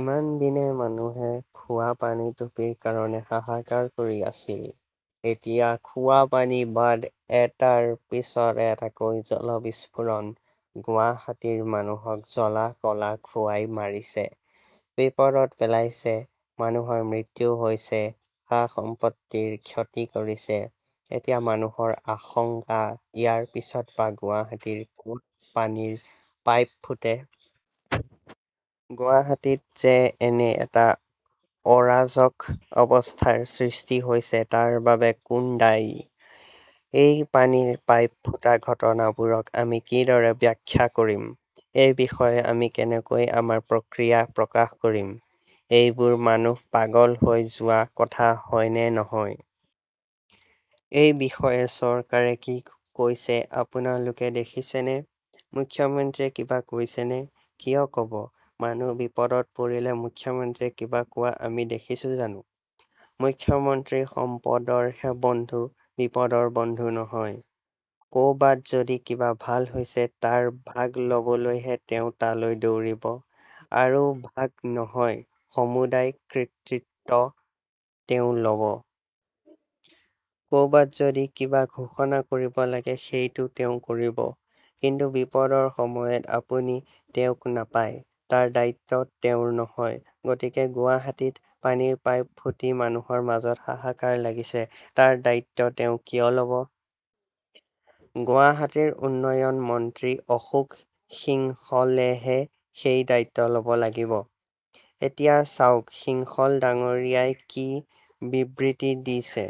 ইমানদিনে মানুহে খোৱা পানীটুপিৰ কাৰণে হাহাকাৰ কৰি আছিল। এতিয়া খোৱা পানী বাদ, এটাৰ পিছত এটাকৈ জল বিস্ফোৰণ গুৱাহাটীৰ মানুহক জ্বলা-কলা খুৱাই মাৰিছে, বিপদত পেলাইছে, মানুহৰ মৃত্যু হৈছে, সা-সম্পত্তিৰ ক্ষতি কৰিছে। এতিয়া মানুহৰ আশংকা ইয়াৰ পিছত বা গুৱাহাটীৰ ক'ত পানীৰ পাইপ ফুটে। গুৱাহাটীত যে এনে এটা অৰাজক অৱস্থাৰ সৃষ্টি হৈছে তাৰ বাবে কোন দায়ী? এই পানীৰ পাইপ ফুটা ঘটনাবোৰক আমি কি দৰে ব্যাখ্যা কৰিম? এই বিষয়ে আমি কেনেকৈ আমাৰ প্ৰক্ৰিয়া প্ৰকাশ কৰিম? এইবোৰ মানুহ পাগল হৈ যোৱা কথা হয়নে নহয়? এই বিষয়ে চৰকাৰে কি কৈছে আপোনালোকে দেখিছেনে? মুখ্যমন্ত্ৰীয়ে কিবা কৈছেনে? কিয় ক'ব? মানুহ বিপদত পৰিলে মুখ্যমন্ত্ৰীয়ে কিবা কোৱা আমি দেখিছোঁ জানো? মুখ্যমন্ত্ৰী সম্পদৰহে বন্ধু, বিপদৰ বন্ধু নহয়। ক'বাত যদি কিবা ভাল হৈছে তাৰ ভাগ ল'বলৈহে তেওঁ তালৈ দৌৰিব, আৰু ভাগ নহয়, সমুদায় কৃতিত্ব তেওঁ ল'ব। ক'বাত যদি কিবা ঘোষণা কৰিব লাগে সেইটো তেওঁ কৰিব। কিন্তু বিপদৰ সময়ত আপুনি তেওঁক নাপায়, তাৰ দায়িত্ব তেওঁৰ নহয়। গতিকে গুৱাহাটীত পানীৰ পাইপ ফুটি মানুহৰ মাজত হাহাকাৰ লাগিছে, তাৰ দায়িত্ব তেওঁ কিয় ল'ব? গুৱাহাটীৰ উন্নয়ন মন্ত্ৰী অশোক সিংহলেহে সেই দায়িত্ব ল'ব লাগিব। এতিয়া চাওক সিংহল ডাঙৰীয়াই কি বিবৃতি দিছে।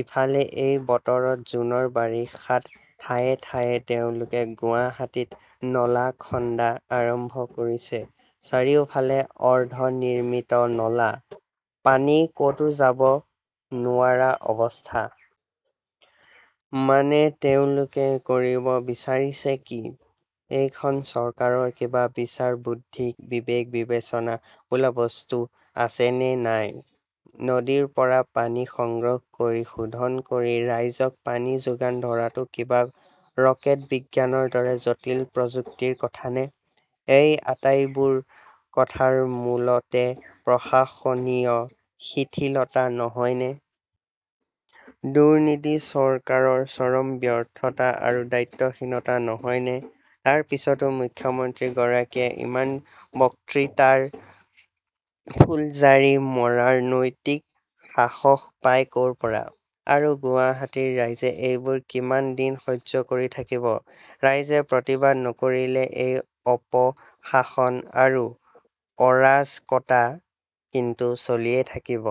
ইফালে এই বতৰত জুনৰ বাৰিষাত ঠায়ে ঠায়ে তেওঁলোকে গুৱাহাটীত নলা খন্দা আৰম্ভ কৰিছে, চাৰিওফালে অৰ্ধ নিৰ্মিত নলা, পানী ক'তো যাব নোৱাৰা অৱস্থা। মানে তেওঁলোকে কৰিব বিচাৰিছে কি? এইখন চৰকাৰৰ কিবা বিচাৰ-বুদ্ধি, বিবেক-বিবেচনা বোলা বস্তু আছেনে নাই? নদীৰ পৰা পানী সংগ্ৰহ কৰি শোধন কৰি ৰাইজক পানী যোগান ধৰাটো কিবা ৰকেট বিজ্ঞানৰ দৰে জটিল প্ৰযুক্তিৰ কথানে? এই আটাইবোৰ কথাৰ মূলতে প্ৰশাসনীয় শিথিলতা নহয়নে? দুৰ্নীতি, চৰকাৰৰ চৰম ব্যৰ্থতা আৰু দায়িত্বহীনতা নহয়নে? তাৰ পিছতো মুখ্যমন্ত্ৰী গৰাকীয়ে ইমান বক্তৃতাৰ ফুলজাৰী মৰাৰ নৈতিক সাহস পায় ক'ৰপৰা? আৰু গুৱাহাটীৰ ৰাইজে এইবোৰ কিমান দিন সহ্য কৰি থাকিব? ৰাইজে প্ৰতিবাদ নকৰিলে এই অপশাসন আৰু অৰাজ কতা কিন্তু চলিয়ে থাকিব।